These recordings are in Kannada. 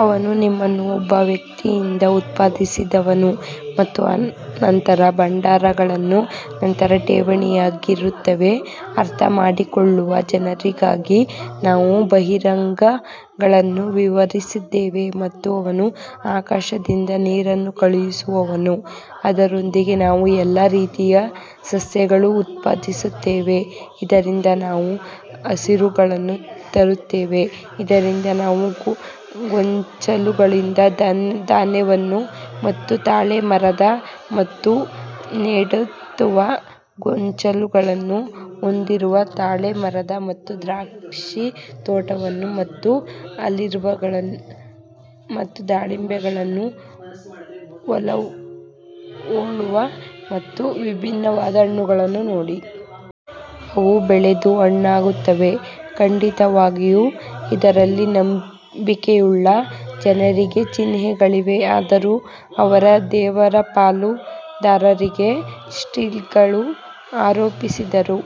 ಅವನು ನಿಮ್ಮನ್ನು ಒಬ್ಬ ವ್ಯಕ್ತಿಯಿಂದ ಉತ್ಪಾದಿಸಿದವನು ಮತ್ತು ನಂತರ ಭಂಡಾರವನ್ನು ನಂತರ ಠೇವಣಿಯಾಗಿರುತ್ತೇವೆ, ಅರ್ಥಮಾಡಿಕೊಳ್ಳುವ ಜನರಿಗಾಗಿ ನಾವು ಬಹಿರಂಗಗಳನ್ನು ವಿವರಿಸಿದ್ದೇವೆ. ಮತ್ತು ಅವನು ಆಕಾಶದಿಂದ ನೀರನ್ನು ಕಳುಹಿಸುವವನು ಅದರೊಂದಿಗೆ ನಾವು ಎಲ್ಲಾ ರೀತಿಯ ಸಸ್ಯಗಳನ್ನು ಉತ್ಪಾದಿಸುತ್ತೇವೆ ಇದರಿಂದ ನಾವು ಹಸಿರುಗಳನ್ನು ತರುತ್ತೇವೆ ಇದರಿಂದ ನಾವು ಗೊಂಚಲುಗಳಲ್ಲಿ ಧಾನ್ಯಗಳನ್ನು ಮತ್ತು ತಾಳೆ ಮರಗಳು ಮತ್ತು ನೇತಾಡುವ ಗೊಂಚಲುಗಳನ್ನು ಹೊಂದಿರುವ ತಾಳೆ ಮರಗಳು ಮತ್ತು ದ್ರಾಕ್ಷಿತೋಟಗಳು ಮತ್ತು ಆಲಿವ್ಗಳು ಮತ್ತು ದಾಳಿಂಬೆಗಳನ್ನು ಹೋಲುವ ಮತ್ತು ವಿಭಿನ್ನವಾದ ಹಣ್ಣುಗಳನ್ನು ನೋಡಿ. ಅವು ಬೆಳೆದು ಹಣ್ಣಾಗುತ್ತವೆ ಖಂಡಿತವಾಗಿಯೂ ಇದರಲ್ಲಿ ನಂಬಿಕೆಯುಳ್ಳ ಜನರಿಗೆ ಚಿಹ್ನೆಗಳಿವೆ ಆದರೂ ಅವರು ದೇವರ ಪಾಲುದಾರರಿಗೆ ಸ್ಪ್ರಿಟ್ಗಳನ್ನು ಆರೋಪಿಸಿದರು,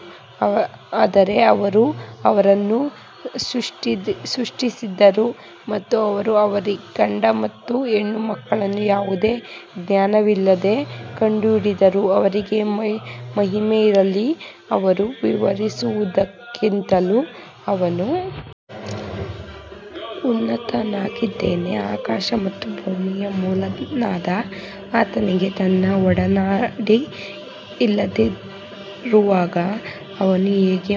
ಆದರೆ ಅವನು ಅವರನ್ನು ಸೃಷ್ಟಿಸಿದನು ಮತ್ತು ಅವರು ಅವನಿಗೆ ಗಂಡು ಮತ್ತು ಹೆಣ್ಣುಮಕ್ಕಳನ್ನು ಯಾವುದೇ ಜ್ಞಾನವಿಲ್ಲದೆ ಕಂಡುಹಿಡಿದರು, ಅವನಿಗೆ ಮಹಿಮೆ ಇರಲಿ, ಅವರು ವಿವರಿಸುವುದಕ್ಕಿಂತಲೂ ಅವನು ಉನ್ನತನಾಗಿದ್ದಾನೆ ಆಕಾಶ ಮತ್ತು ಭೂಮಿಯ ಮೂಲನಾದ ಆತನಿಗೆ ತನ್ನ ಒಡನಾಡಿ ಇಲ್ಲದಿರುವಾಗ ಅವನು ಹೇಗೆ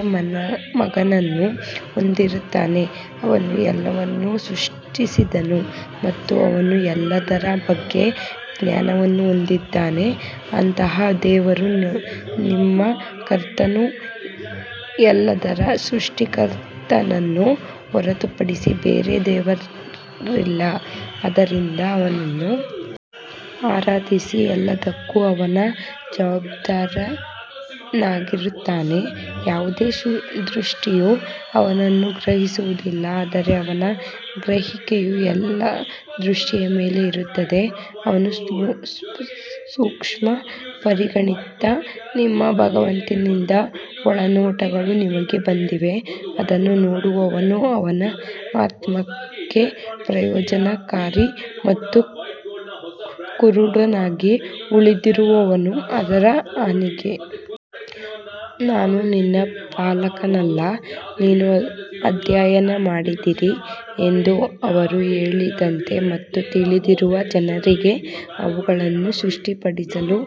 ಮಗನನ್ನು ಹೊಂದುತ್ತಾನೆ, ಅವನು ಎಲ್ಲವನ್ನೂ ಸೃಷ್ಟಿಸಿದನು ಮತ್ತು ಅವನು ಎಲ್ಲದರ ಬಗ್ಗೆ ಜ್ಞಾನವನ್ನು ಹೊಂದಿದ್ದಾನೆ ಅಂತಹ ದೇವರು ನಿಮ್ಮ ಕರ್ತನು ಎಲ್ಲದರ ಸೃಷ್ಟಿಕರ್ತನನ್ನು ಹೊರತುಪಡಿಸಿ ಬೇರೆ ದೇವರಿಲ್ಲ ಆದ್ದರಿಂದ ಅವನನ್ನು ಆರಾಧಿಸಿ ಎಲ್ಲದಕ್ಕೂ ಅವನು ಜವಾಬ್ದಾರನಾಗಿರುತ್ತಾನೆ ಯಾವುದೇ ದೃಷ್ಟಿಯು ಅವನನ್ನು ಗ್ರಹಿಸುವುದಿಲ್ಲ ಆದರೆ ಅವನ ಗ್ರಹಿಕೆಯು ಎಲ್ಲಾ ದೃಷ್ಟಿಯ ಮೇಲೆ ಇರುತ್ತದೆ ಅವನು ಸೂಕ್ಷ್ಮ ಪರಿಣಿತ ನಿಮ್ಮ ಭಗವಂತನಿಂದ ಒಳನೋಟಗಳು ನಿಮಗೆ ಬಂದಿವೆ, ಅದನ್ನು ನೋಡುವವನು ಅವನ ಆತ್ಮಕ್ಕೆ ಪ್ರಯೋಜನಕಾರಿ ಮತ್ತು ಕುರುಡನಾಗಿ ಉಳಿದಿರುವವನು ಅದರ ಹಾನಿಗೆ ನಾನು ನಿಮ್ಮ ಪಾಲಕನಲ್ಲ ನೀವು ಅಧ್ಯಯನ ಮಾಡಿದ್ದೀರಿ ಎಂದು ಅವರು ಹೇಳದಂತೆ ಮತ್ತು ತಿಳಿದಿರುವ ಜನರಿಗೆ ಅವುಗಳನ್ನು ಸ್ಪಷ್ಟಪಡಿಸಲು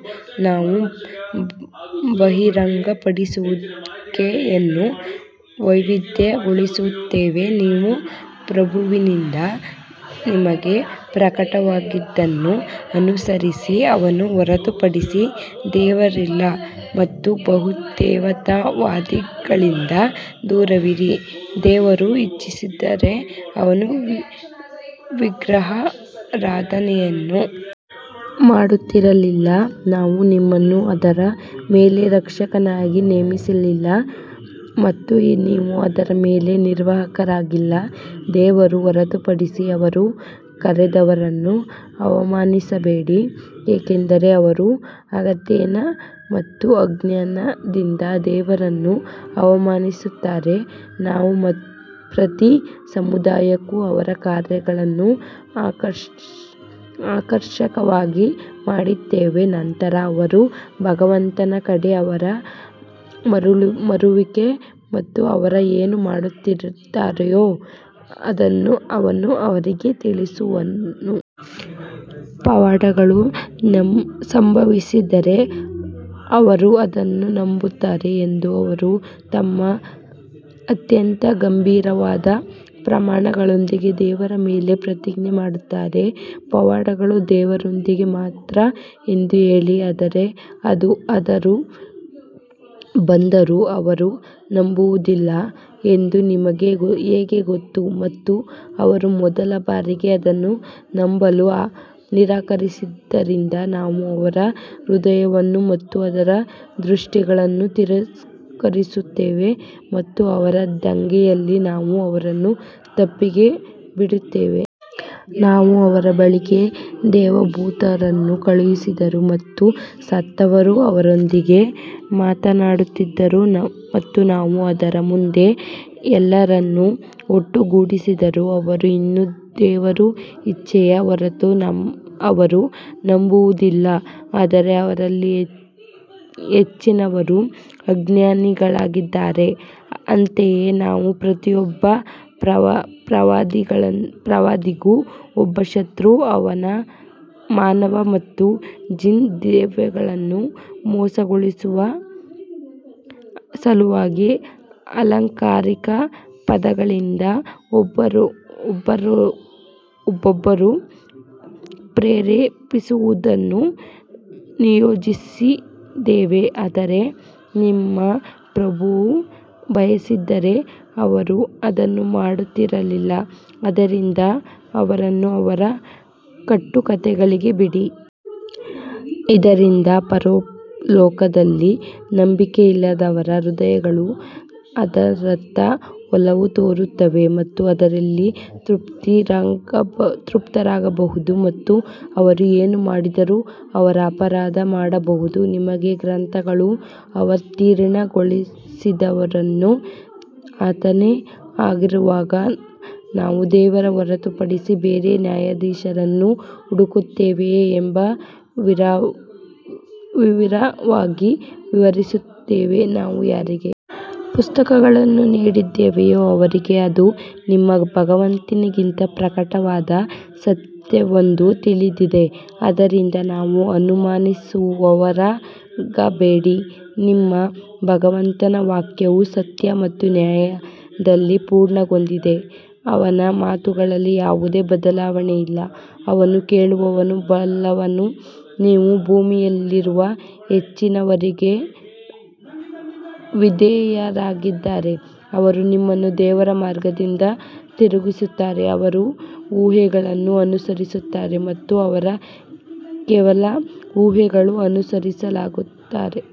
ನಾವು ಬಹಿರಂಗಪಡಿಸುವಿಕೆಯನ್ನು ವೈವಿಧ್ಯಗೊಳಿಸುತ್ತೇವೆ ನಿಮ್ಮ ಪ್ರಭುವಿನಿಂದ ನಿಮಗೆ ಪ್ರಕಟವಾದದ್ದನ್ನು ಅನುಸರಿಸಿ, ಅವನ ಹೊರತು ಬೇರೆ ದೇವರಿಲ್ಲ ಮತ್ತು ಬಹುದೇವತಾವಾದಿಗಳಿಂದ ದೂರವಿರಿ ದೇವರು ಇಚ್ಛಿಸಿದ್ದರೆ ಅವರು ವಿಗ್ರಹಾರಾಧನೆಯನ್ನು ಮಾಡುತ್ತಿರಲಿಲ್ಲ, ನಾವು ನಿಮ್ಮನ್ನು ಅವರ ಮೇಲೆ ರಕ್ಷಕನಾಗಿ ನೇಮಿಸಲಿಲ್ಲ ಮತ್ತು ನೀವು ಅವರ ಮೇಲೆ ನಿರ್ವಾಹಕರಾಗಿಲ್ಲ ದೇವರನ್ನು ಹೊರತುಪಡಿಸಿ ಅವರು ಕರೆದವರನ್ನು ಅವಮಾನಿಸಬೇಡಿ, ಏಕೆಂದರೆ ಅವರು ಹಗೆತನ ಮತ್ತು ಅಜ್ಞಾನದಿಂದ ದೇವರನ್ನು ಅವಮಾನಿಸುತ್ತಾರೆ, ನಾವು ಪ್ರತಿ ಸಮುದಾಯಕ್ಕೂ ಅವರ ಕಾರ್ಯಗಳನ್ನು ಆಕರ್ಷಕವಾಗಿ ಮಾಡಿದ್ದೇವೆ ನಂತರ ಅವರ ಭಗವಂತನ ಕಡೆಗೆ ಅವರ ಮರಳುವಿಕೆ ಮತ್ತು ಅವರು ಏನು ಮಾಡುತ್ತಿದ್ದಾರೋ ಅದನ್ನು ಅವನು ಅವರಿಗೆ ತಿಳಿಸುವನು. ಪವಾಡಗಳು ಸಂಭವಿಸಿದರೆ ಅವರು ಅದನ್ನು ನಂಬುತ್ತಾರೆ ಎಂದು ಅವರು ತಮ್ಮ ಅತ್ಯಂತ ಗಂಭೀರವಾದ ಪ್ರಮಾಣಗಳೊಂದಿಗೆ ದೇವರ ಮೇಲೆ ಪ್ರತಿಜ್ಞೆ ಮಾಡುತ್ತಾರೆ, ಪವಾಡಗಳು ದೇವರೊಂದಿಗೆ ಮಾತ್ರ ಎಂದು ಹೇಳಿ ಆದರೆ ಅದು ಬಂದರೂ ಅವರು ನಂಬುವುದಿಲ್ಲ ಎಂದು ನಿಮಗೆ ಹೇಗೆ ಗೊತ್ತು ಮತ್ತು ಅವರು ಮೊದಲ ಬಾರಿಗೆ ಅದನ್ನು ನಂಬಲು ನಿರಾಕರಿಸಿದ್ದರಿಂದ ನಾವು ಅವರ ಹೃದಯಗಳನ್ನು ಮತ್ತು ಅವರ ದೃಷ್ಟಿಗಳನ್ನು ತಿರುಗಿಸುತ್ತೇವೆ ಮತ್ತು ಅವರ ದಂಗೆಯಲ್ಲಿ ನಾವು ಅವರನ್ನು ತಪ್ಪಾಗಿ ಬಿಡುತ್ತೇವೆ. ನಾವು ಅವರ ಬಳಿಗೆ ದೇವದೂತರನ್ನು ಕಳುಹಿಸಿದರೂ ಮತ್ತು ಸತ್ತವರು ಅವರೊಂದಿಗೆ ಮಾತನಾಡಿದರೂ ಮತ್ತು ನಾವು ಅವರ ಮುಂದೆ ಎಲ್ಲವನ್ನು ಒಟ್ಟುಗೂಡಿಸಿದರೂ ಅವರು ಇನ್ನೂ ದೇವರ ಇಚ್ಛೆಯ ಹೊರತು ಅವರು ನಂಬುವುದಿಲ್ಲ ಆದರೆ ಅವರಲ್ಲಿ ಹೆಚ್ಚಿನವರು ಅಜ್ಞಾನಿಗಳಾಗಿದ್ದಾರೆ. ಅಂತೆಯೇ ನಾವು ಪ್ರತಿಯೊಬ್ಬ ಪ್ರವಾದಿಗಳಿಗೂ ಒಬ್ಬ ಶತ್ರು ಮಾನವ ಮತ್ತು ಜಿನ್ ದೆವ್ವಗಳನ್ನು ಮೋಸಗೊಳಿಸುವ ಸಲುವಾಗಿ ಅಲಂಕಾರಿಕ ಪದಗಳಿಂದ ಒಬ್ಬರಿಗೊಬ್ಬರು ಪ್ರೇರೇಪಿಸುವುದನ್ನು ನಿಯೋಜಿಸಿದ್ದೇವೆ ಆದರೆ ನಿಮ್ಮ ಪ್ರಭುವು ಬಯಸಿದ್ದರೆ ಅವರು ಅದನ್ನು ಮಾಡುತ್ತಿರಲಿಲ್ಲ ಆದ್ದರಿಂದ ಅವರನ್ನು ಅವರ ಕಟ್ಟುಕಥೆಗಳಿಗೆ ಬಿಡಿ. ಇದರಿಂದ ಪರಲೋಕದಲ್ಲಿ ನಂಬಿಕೆಯಿಲ್ಲದವರ ಹೃದಯಗಳು ಅದರತ್ತ ಒಲವು ತೋರುತ್ತವೆ ಮತ್ತು ಅದರಲ್ಲಿ ತೃಪ್ತರಾಗಬಹುದು ಮತ್ತು ಅವರು ಏನು ಮಾಡಿದರೂ ಅವರು ಅಪರಾಧ ಮಾಡಬಹುದು. ನಿಮಗೆ ಗ್ರಂಥವನ್ನು ಅವತೀರ್ಣಗೊಳಿಸಿದವನು ಆತನೇ ಆಗಿರುವಾಗ ನಾನು ದೇವರನ್ನು ಹೊರತುಪಡಿಸಿ ಬೇರೆ ನ್ಯಾಯಾಧೀಶರನ್ನು ಹುಡುಕುತ್ತೇನೆಯೇ ಎಂದು ವಿವರವಾಗಿ ವಿವರಿಸಿದೆವು ನಾವು ಯಾರಿಗೆ ಪುಸ್ತಕವನ್ನು ನೀಡಿದ್ದೇವೆಯೋ ಅವರಿಗೆ ಇದು ನಿಮ್ಮ ಭಗವಂತನಿಂದ ಪ್ರಕಟವಾದ ಸತ್ಯವೆಂದು ತಿಳಿದಿದೆ ಆದ್ದರಿಂದ ನೀವು ಅನುಮಾನಿಸುವವರಾಗಬೇಡಿ ನಿಮ್ಮ ಭಗವಂತನ ವಾಕ್ಯವು ಸತ್ಯ ಮತ್ತು ನ್ಯಾಯದಲ್ಲಿ ಪೂರ್ಣಗೊಂಡಿದೆ, ಅವನ ಮಾತುಗಳಲ್ಲಿ ಯಾವುದೇ ಬದಲಾವಣೆಯಿಲ್ಲ, ಅವನು ಕೇಳುವವನು ಬಲ್ಲವನು ನೀವು ಭೂಮಿಯಲ್ಲಿರುವ ಹೆಚ್ಚಿನವರಿಗೆ ವಿಧೇಯರಾಗಿದ್ದರೆ ಅವರು ನಿಮ್ಮನ್ನು ದೇವರ ಮಾರ್ಗದಿಂದ ತಿರುಗಿಸುತ್ತಾರೆ, ಅವರು ಊಹೆಗಳನ್ನು ಅನುಸರಿಸುತ್ತಾರೆ ಮತ್ತು ಅವರು ಕೇವಲ ಊಹೆಗಳನ್ನು ಅನುಸರಿಸುತ್ತಾರೆ.